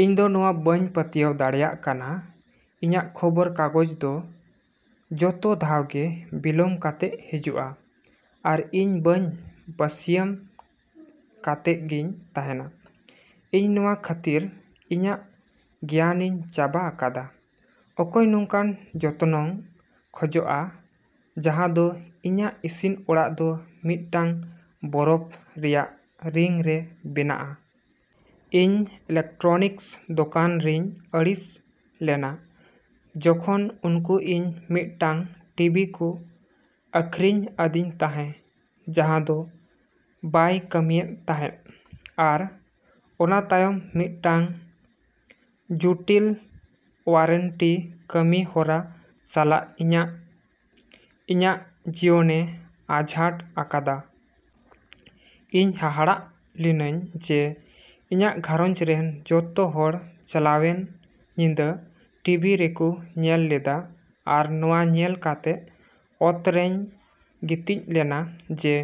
ᱤᱧᱫᱚ ᱱᱚᱶᱟ ᱵᱟᱹᱧ ᱯᱟᱹᱛᱭᱟᱹᱣ ᱫᱟᱲᱮᱭᱟᱜ ᱠᱟᱱᱟ᱾ ᱤᱧᱟᱹᱜ ᱠᱷᱚᱵᱚᱨ ᱠᱟᱜᱚᱡᱽᱫᱚ ᱡᱚᱛᱚ ᱫᱷᱟᱣᱜᱮ ᱵᱤᱞᱚᱢ ᱠᱟᱛᱮ ᱦᱤᱡᱩᱜᱼᱟ, ᱟᱨ ᱤᱧ ᱵᱟᱹᱧ ᱵᱟᱹᱥᱭᱟᱹᱢ ᱠᱟᱛᱮᱜᱤᱧ ᱛᱟᱦᱮᱸᱱᱟ ᱾ ᱤᱧ ᱱᱚᱶᱟ ᱠᱷᱟᱹᱛᱤᱨ ᱤᱧᱟᱹᱜ ᱜᱮᱭᱟᱱᱤᱧ ᱪᱟᱵᱟ ᱟᱠᱟᱫᱟ, ᱚᱠᱚᱭ ᱱᱚᱝᱠᱟᱱ ᱡᱚᱛᱚᱱᱚᱭ ᱠᱷᱚᱡᱚᱜᱼᱟ ᱡᱟᱦᱟ ᱫᱚ ᱤᱧᱟᱹᱜ ᱤᱥᱤᱱ ᱚᱲᱟᱜ ᱫᱚ ᱢᱤᱫᱴᱟᱝ ᱵᱚᱨᱚᱯᱷ ᱨᱮᱭᱟᱜ ᱨᱤᱝ ᱨᱮ ᱵᱮᱱᱟᱜᱼᱟ? ᱤᱧ ᱤᱞᱮᱠᱴᱨᱚᱱᱤᱠᱥ ᱫᱚᱠᱟᱱ ᱨᱤᱧ ᱟᱹᱲᱤᱥ ᱞᱮᱱᱟ ᱡᱚᱠᱷᱚᱱ ᱩᱱᱠᱩ ᱤᱧ ᱢᱤᱫᱴᱟᱝ ᱴᱤᱵᱷᱤ ᱠᱚ ᱟᱹᱠᱷᱨᱤᱧ ᱟᱹᱫᱤᱧ ᱛᱟᱦᱮ ᱡᱟᱦᱟᱸ ᱫᱚ ᱵᱟᱭ ᱠᱟᱹᱢᱤᱭᱮᱫ ᱛᱟᱦᱮᱫ᱾ ᱟᱨ ᱚᱱᱟ ᱛᱟᱭᱚᱢ ᱢᱤᱫᱴᱟᱝ ᱡᱩᱴᱤᱞ ᱳᱣᱟᱨᱮᱱᱴᱤ ᱠᱟᱹᱢᱤ ᱦᱚᱨᱟ ᱥᱟᱞᱟᱜ ᱤᱧᱟᱹᱜ ᱡᱤᱭᱚᱱᱮ ᱟᱡᱷᱟᱴ ᱟᱠᱟᱫᱟ ᱾ ᱤᱧ ᱦᱟᱦᱟᱲᱟᱜ ᱞᱤᱱᱟᱹᱧ ᱡᱮ ᱤᱧᱟᱹᱜ ᱜᱷᱟᱨᱚᱸᱡᱽ ᱨᱮᱱ ᱡᱚᱛᱚ ᱦᱚᱲ ᱪᱟᱞᱟᱣᱮᱱ ᱧᱤᱫᱟᱹ ᱴᱤᱵᱷᱤ ᱨᱮᱠᱚ ᱧᱮᱞ ᱞᱮᱫᱟ ᱟᱨ ᱱᱚᱶᱟ ᱧᱮᱞ ᱠᱟᱛᱮ ᱚᱛᱨᱮᱧ ᱜᱤᱛᱤᱡ ᱞᱮᱱᱟ ᱡᱮ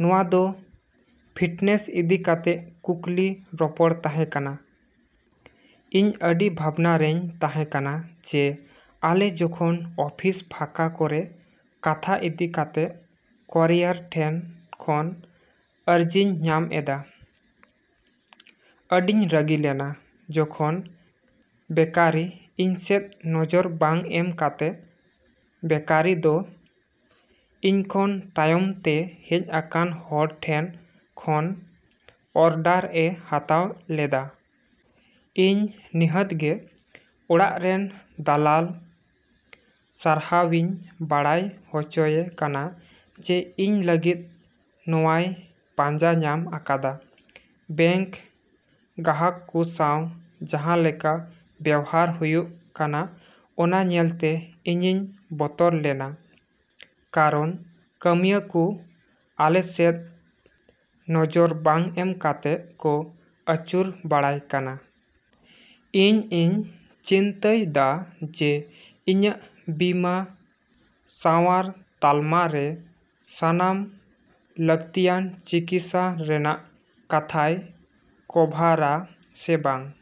ᱱᱚᱶᱟ ᱫᱚ ᱯᱷᱤᱴᱱᱮᱥ ᱤᱫᱤ ᱠᱟᱛᱮ ᱠᱩᱠᱞᱤ ᱨᱚᱯᱚᱲ ᱛᱟᱦᱮᱸ ᱠᱟᱱᱟ ᱾ ᱤᱧ ᱟᱹᱰᱤ ᱵᱷᱟᱵᱽᱱᱟ ᱨᱮᱧ ᱛᱟᱦᱮᱸ ᱠᱟᱱᱟ ᱡᱮ ᱟᱞᱮ ᱡᱚᱠᱷᱚᱱ ᱚᱯᱷᱤᱥ ᱯᱷᱟᱠᱟ ᱠᱚᱨᱮ ᱠᱷᱟᱛᱟ ᱤᱫᱤ ᱠᱟᱛᱮ ᱠᱳᱨᱤᱭᱟᱨ ᱴᱷᱮᱱ ᱠᱷᱚᱱ ᱟᱹᱨᱡᱤᱧ ᱧᱟᱢ ᱮᱫᱟ ᱾ ᱟᱹᱰᱤᱧ ᱨᱟᱹᱜᱤ ᱞᱮᱱᱟ ᱡᱚᱠᱷᱚᱱ ᱵᱮᱠᱟᱨᱤ ᱤᱧᱥᱮᱫ ᱱᱚᱡᱚᱨ ᱵᱟᱝ ᱮᱢ ᱠᱟᱛᱮ ᱵᱮᱠᱟᱨᱤ ᱫᱚ ᱤᱧᱠᱷᱚᱱ ᱛᱟᱭᱚᱢᱛᱮ ᱦᱮᱡ ᱟᱠᱟᱱ ᱦᱚᱲ ᱴᱷᱮᱱ ᱠᱷᱚᱱ ᱚᱨᱰᱟᱨ ᱮ ᱦᱟᱛᱟᱣ ᱞᱮᱫᱟ ᱾ ᱤᱧ ᱱᱤᱦᱟᱹᱛᱜᱮ ᱚᱲᱟᱜ ᱨᱮᱱ ᱫᱟᱞᱟᱞ ᱥᱟᱨᱦᱟᱣᱤᱧ ᱵᱟᱲᱟᱭ ᱦᱚᱪᱚᱭᱮ ᱠᱟᱱᱟ ᱡᱮ ᱤᱧ ᱞᱟᱹᱜᱤᱫ ᱱᱚᱶᱟᱭ ᱯᱟᱸᱡᱟ ᱧᱟᱢ ᱟᱠᱟᱫᱟ ᱾ ᱵᱮᱝᱠ ᱜᱟᱦᱟᱠ ᱠᱚ ᱥᱟᱶ ᱡᱟᱦᱟᱸ ᱞᱮᱠᱟ ᱵᱮᱣᱦᱟᱨ ᱦᱩᱭᱩᱜ ᱠᱟᱱᱟ ᱚᱱᱟ ᱧᱮᱞᱛᱮ ᱤᱧᱤᱧ ᱵᱚᱛᱚᱨ ᱞᱮᱱᱟ ᱠᱟᱨᱚᱱ ᱠᱟᱹᱢᱤᱭᱟᱹ ᱠᱚ ᱟᱞᱮ ᱥᱮᱫ ᱱᱚᱡᱚᱨ ᱵᱟᱝ ᱮᱢ ᱠᱟᱛᱮ ᱠᱚ ᱟᱹᱪᱩᱨ ᱵᱟᱲᱟᱭ ᱠᱟᱱᱟ ᱾ ᱤᱧ ᱤᱧ ᱪᱤᱱᱛᱟᱹᱭ ᱫᱟ ᱡᱮ ᱤᱧᱟᱹᱜ ᱵᱤᱢᱟ ᱥᱟᱶᱟᱨ ᱛᱟᱞᱢᱟ ᱨᱮ ᱥᱟᱱᱟᱢ ᱞᱟᱹᱠᱛᱤᱭᱟᱱ ᱪᱤᱠᱤᱥᱟ ᱨᱮᱱᱟᱜ ᱠᱟᱛᱷᱟᱭ ᱠᱚᱵᱷᱟᱨᱼᱟ ᱥᱮ ᱵᱟᱝ ᱾